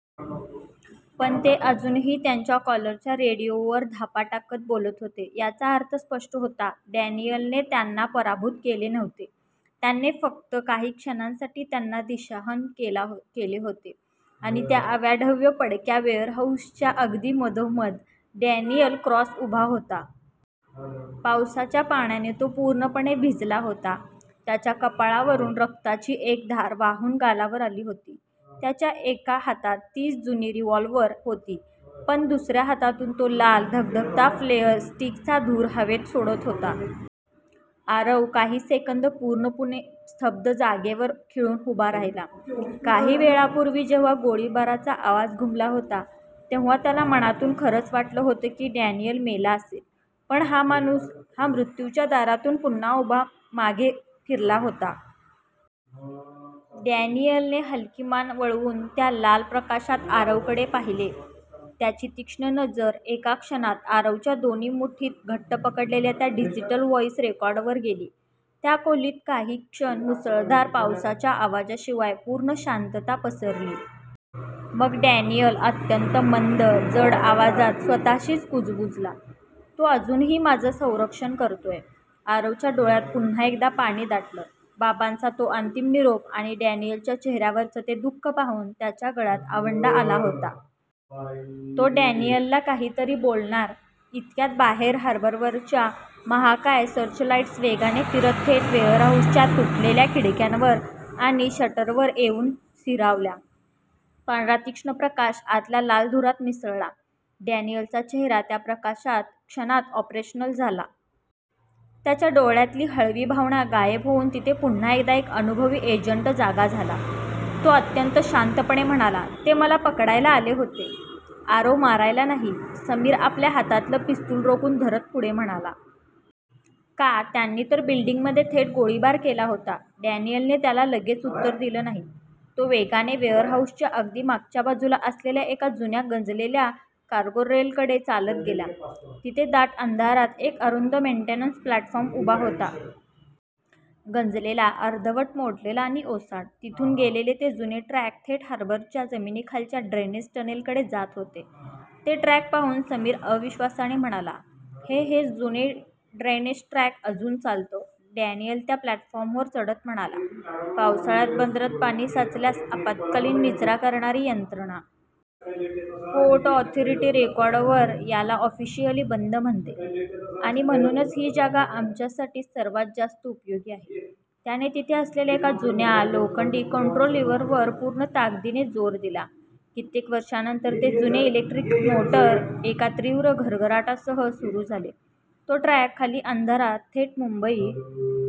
पण ते अजूनही त्यांच्या कॉलरच्या रेडिओवर धापा टाकत बोलत होते. याचा अर्थ स्पष्ट होता: डॅनियलने त्यांना पराभूत केले नव्हते. त्याने फक्त काही क्षणांसाठी त्यांना दिशाहीन केले होते. आणि त्या अवाढव्य, पडक्या वेअरहाऊसच्या अगदी मधोमध, डॅनियल क्रॉस उभा होता. पावसाच्या पाण्याने तो पूर्णपणे भिजला होता. त्याच्या कपाळावरून रक्ताची एक धार वाहून गालावर आली होती. त्याच्या एका हातात तीच जुनी रिव्हॉल्वर होती. आणि दुसऱ्या हातातून तो लाल, धगधगता फ्लेअर स्टिकचा धूर हवेत सोडत होता. आरव काही सेकंद पूर्णपणे स्तब्ध, जागेवर खिळून उभा राहिला. काही वेळापूर्वी जेव्हा गोळीबाराचा आवाज घुमला होता, तेव्हा त्याला मनातून खरंच वाटलं होतं की डॅनियल मेला असेल. पण हा माणूस... हा मृत्यूच्या दारातून पुन्हा मागे फिरला होता. डॅनियलने हलकी मान वळवून त्या लाल प्रकाशात आरवकडे पाहिले. त्याची तीक्ष्ण नजर एका क्षणात आरवच्या दोन्ही मुठींत घट्ट पकडलेल्या त्या डिजिटल व्हाईस रेकॉर्डरवर गेली. त्या खोलीत काही क्षण मुसळधार पावसाच्या आवाजाशिवाय पूर्ण शांतता पसरली. मग... डॅनियल अत्यंत मंद, जड आवाजात स्वतःशीच कुजबुजला, "तो अजूनही, माझं संरक्षण करतोय. " आरवच्या डोळ्यांत पुन्हा एकदा पाणी दाटलं. बाबांचा तो अंतिम निरोप आणि डॅनियलच्या चेहऱ्यावरचं ते दुःख पाहून त्याच्या गळ्यात आवंढा आला होता. तो डॅनियलला काहीतरी बोलणार, इतक्यात बाहेर हार्बरवरच्या महाकाय सर्चलाईट्स वेगाने फिरत थेट वेअरहाऊसच्या तुटलेल्या खिडक्यांवर आणि शटरवर येऊन स्थिरावल्या. पांढरा तीक्ष्ण प्रकाश आतल्या लाल धुरात मिसळला. डॅनियलचा चेहरा त्या प्रकाशात क्षणात 'ऑपरेशनल' झाला. त्याच्या डोळ्यांतली हळवी भावना गायब होऊन तिथे पुन्हा एकदा एक अनुभवी एजंट जागा झाला. तो अत्यंत शांतपणे म्हणाला, "ते मला पकडायला आले आहेत, आरव, मारायला नाही. " समीर आपल्या हातातलं पिस्तूल रोखून धरत पुढे झाला. "का? त्यांनी तर बिल्डिंगमध्ये थेट गोळीबार केला होता! " डॅनियलने त्याला लगेच उत्तर दिलं नाही. तो वेगाने वेअरहाऊसच्या अगदी मागच्या बाजूला असलेल्या एका जुन्या, गंजलेल्या 'कार्गो रेल' कडे चालत गेला. तिथे दाट अंधारात एक अरुंद मेंटेनन्स प्लॅटफॉर्म उभा होता. गंजलेला, अर्धवट मोडलेला आणि ओसाड. तिथून गेलेले ते जुने ट्रॅक थेट हार्बरच्या जमिनीखालच्या ड्रेनेज टनेलकडे जात होते. ते ट्रॅक पाहून समीर अविश्वासाने म्हणाला, "हे... हे जुनं ड्रेनेज ट्रॅक अजून चालतं? " डॅनियल त्या प्लॅटफॉर्मवर चढत म्हणाला, " पावसाळ्यात बंदरात पाणी साचल्यास आपत्कालीन निचरा करणारी यंत्रणा. पोर्ट ऑथॉरिटी रेकॉर्डवर याला ऑफिशियली बंद म्हणते, आणि म्हणूनच ही जागा आमच्यासाठी सर्वात जास्त उपयोगी आहे. " त्याने तिथे असलेल्या एका जुन्या, लोखंडी कंट्रोल लिव्हरवर पूर्ण ताकदीने जोर दिला. कित्येक वर्षांनंतर ते जुने इलेक्ट्रिक मोटर एका तीव्र घरघराटासह सुरू झाले. तो ट्रॅक खाली अंधारात, थेट मुंबई--